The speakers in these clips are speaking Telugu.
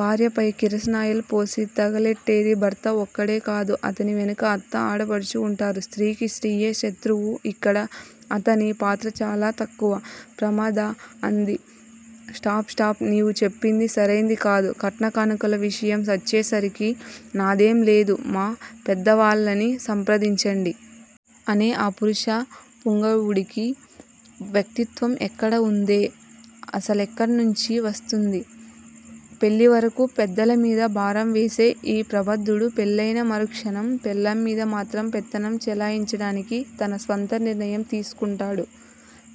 భార్యపై కిరసనాయిల్ పోసి తగలెట్టేది భర్త ఒక్కడే కాదు అతని వెనుక అత్త ఆడబడుచు ఉంటారు. స్త్రీకి స్త్రీయే శత్రువు ఇక్కడ అతని పాత్ర చాలా తక్కువ. ప్రమద అంది. స్టాప్! స్టాప్! నీవు చెప్పింది సరైంది కాదు. కట్న కానుకల విషయం వచ్చేసరికి నాదేంలేదు మా పెద్దవాళ్ళని సంప్రదించండి. అనే ఈ పురుష పుంగవుడికి వ్యక్తిత్వం ఎక్కడ ఉందే? అసలెక్కడ్నించి వస్తుంది? పెళ్ళివరకు పెద్దలమీద భారం వేసే ఈ ప్రబుద్ధుడు పెళ్ళయిన మరుక్షణం పెళ్ళాంమీద మాత్రం పెత్తనం చెలాయించడానికి తన స్వంత నిర్ణయం తీసుకుంటాడు.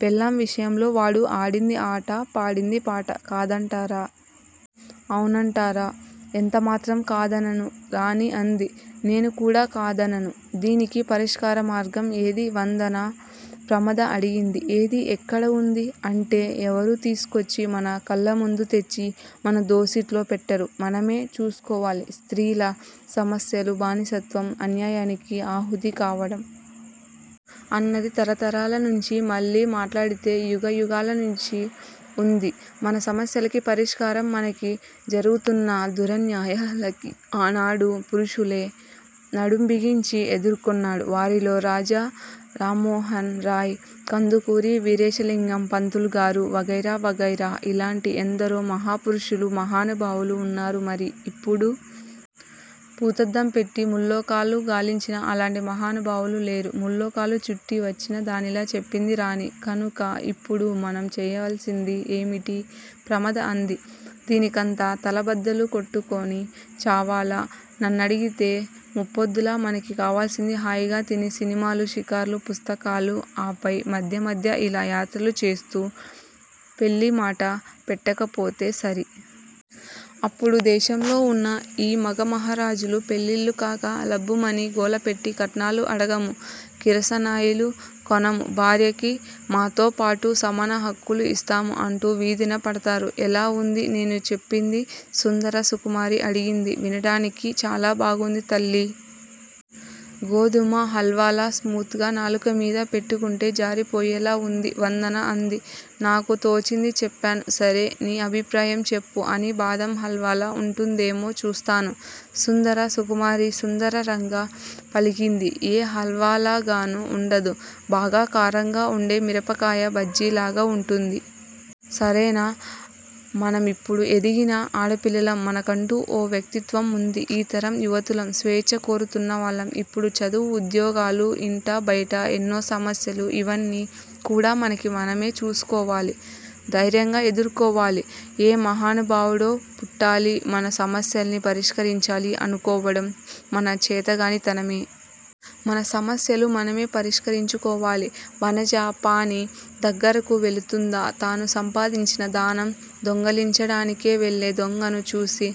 పెళ్ళాం విషయంలో వాడు ఆడింది ఆట పాడింది పాట. కాదంటారా! ఔనంటారా! ఎంతమాత్రం కాదనను. రాణి అంది. నేను కూడా కాదనను. దీనికి పరిష్కార మార్గం ఏది వందనా? ప్రమద అడిగింది. ఏది? ఎక్కడ ఉంది? అంటే ఎవరూ తీసుకొచ్చి మన కళ్ళముందు తెచ్చి మన దోసిట్లో పెట్టరు. మనమే చూసుకోవాలి. స్త్రీల సమస్యలు బానిసత్వం అన్యాయానికి ఆహుతి కావడం. అన్నది తరతరాల నుంచి మళ్ళీ మాట్లాడితే యుగ యుగాలనుంచి ఉంది. మన సమస్యలకి పరిష్కారం మనకి జరుగుతున్న దురన్యాయాలకి ఆనాడు పురుషులే నడుంబిగించి ఎదుర్కొన్నారు. వారిలో రాజారామోహన్ రాయ్ కందుకూరి వీరేశలింగం పంతులుగారు వగైరా వగైరా ఇలాంటి ఎందరో మహాపురుషులు మహానుభావులు ఉన్నారు. మరి ఇప్పుడు? భూతద్దం పెట్టి ముల్లోకాలు గాలించినా అలాంటి మహానుభావులు లేరు. ముల్లోకాలు చుట్టి వచ్చినదానిలా చెప్పింది రాణి. కనుక ఇప్పుడు మనం చెయ్యాల్సింది ఏమిటి? ప్రమద అంది. దీనికంత తలబద్దలు కొట్టుకొని చావాలా? నన్నడిగితే ముప్పొద్దులా మనకి కావాల్సింది హాయిగా తిని సినిమాలు షికార్లు పుస్తకాలు ఆపై మధ్య మధ్య ఇలా యాత్రలు చేస్తూ పెళ్ళిమాట పెట్టకపోతే సరి. అప్పుడు దేశంలో ఉన్న ఈ మగ మహారాజులు పెళ్ళిళ్ళు కాక లబ్బుమని గోలపెట్టి కట్నాలు అడగము కిరసనాయిలు కొనము భార్యకి మాతోపాటు సమాన హక్కులు ఇస్తాము అంటూ వీధిన పడతారు. ఎలా వుంది నేను చెప్పింది సుందర సుకుమారి అడిగింది. వినటానికి చాలా బాగుంది తల్లీ! గోధుమ హల్వాలా స్మూత్ గా నాలుకమీద పెట్టుకుంటే జారిపోయేలా ఉంది వందన అంది. నాకు తోచింది చెప్పాను సరే__నీ అభిప్రాయం చెప్పు అని బాదం హల్వాలా ఉంటుందేమో చూస్తాను. సుందర సుకుమారి సుందరంగ పలికింది. ఏ హల్వాలాగాను ఉండదు. బాగా కారంగా ఉండే మిరపకాయ బజ్జిలాగ ఉంటుంది. సరేనా! మనమిప్పుడు ఎదిగిన ఆడపిల్లలం మనకంటు ఓ వ్యక్తిత్వం ఉంది. ఈ తరం యువతులం. స్వేచ్చ కోరుతున్నవాళ్ళం. ఇప్పుడు చదువు ఉద్యోగాలు ఇంటా బయట ఎన్నో సమస్యలు ఇవన్నీ కూడా మనకి మనమే చూసుకోవాలి. ధైర్యంగ ఎదుర్కోవాలి. ఏ మహానుభావుడో పుట్టాలి మన సమస్యలని పరిష్కరించాలి అనుకోవడం మనచేతగాని తనమే. మన సమస్యలు మనమే పరిష్కరించుకోవాలి। వనజ పాణి దగ్గరకు వెళుతుందా? తాను సంపాదించిన దానం దొంగిలించడానికే వెళ్ళే దొంగను చూసి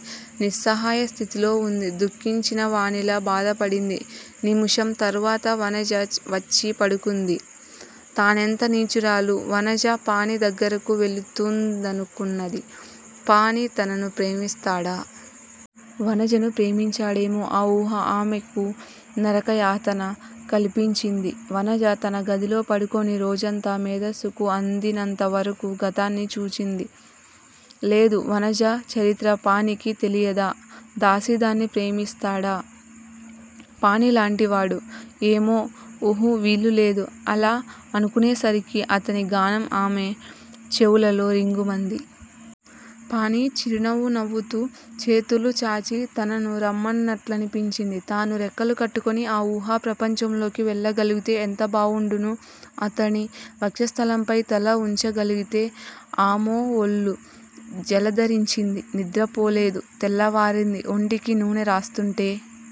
నిస్సహాయస్థితిలో ఉంది దుఃఖించినవానిలా బాధపడింది. నిముషం తరువాత వనజ వచ్చి పడుకుంది. -తానెంత నీచురాలు? వనజ పాణి దగ్గరకు వెళుతూందనుకున్నది. పాణి తనను ప్రేమిస్తాడా? వనజను ప్రేమించాడేమో! ఆ ఊహ ఆమెకు నరకయాతఃన కల్పించింది. వనజ తన గదిలో పడుకోని రోజంతా మేధస్సుకు అందినంతవరకూ గతాన్ని చూచింది. లేదు, వనజ చరిత్ర పాణికి తెలియదా? దాసీదాన్ని ప్రేమిస్తాడా పాణిలాంటివాడు? ఏమో! ఉహు వీలులేదు. అలా అనుకునేసరికి అతని గానం ఆమె చెవులలో రింగుమంది. పాణి చిరునవ్వు నవ్వుతూ చేతులు చాచి తనను రమ్మన్నట్లనిపించింది. తాను రెక్కలు కట్టుకొని ఆ ఊహా ప్రపంచంలోకి వెళ్ళగలుగుతే ఎంత బావుండును? అతని వక్షస్థలంపై తల ఉంచగలుగుతే! ఆమోఒళ్ళు జలదరించింది. నిద్రపోలేదు. తెల్లవారింది. ఒంటికి నూనె రాస్తుంటే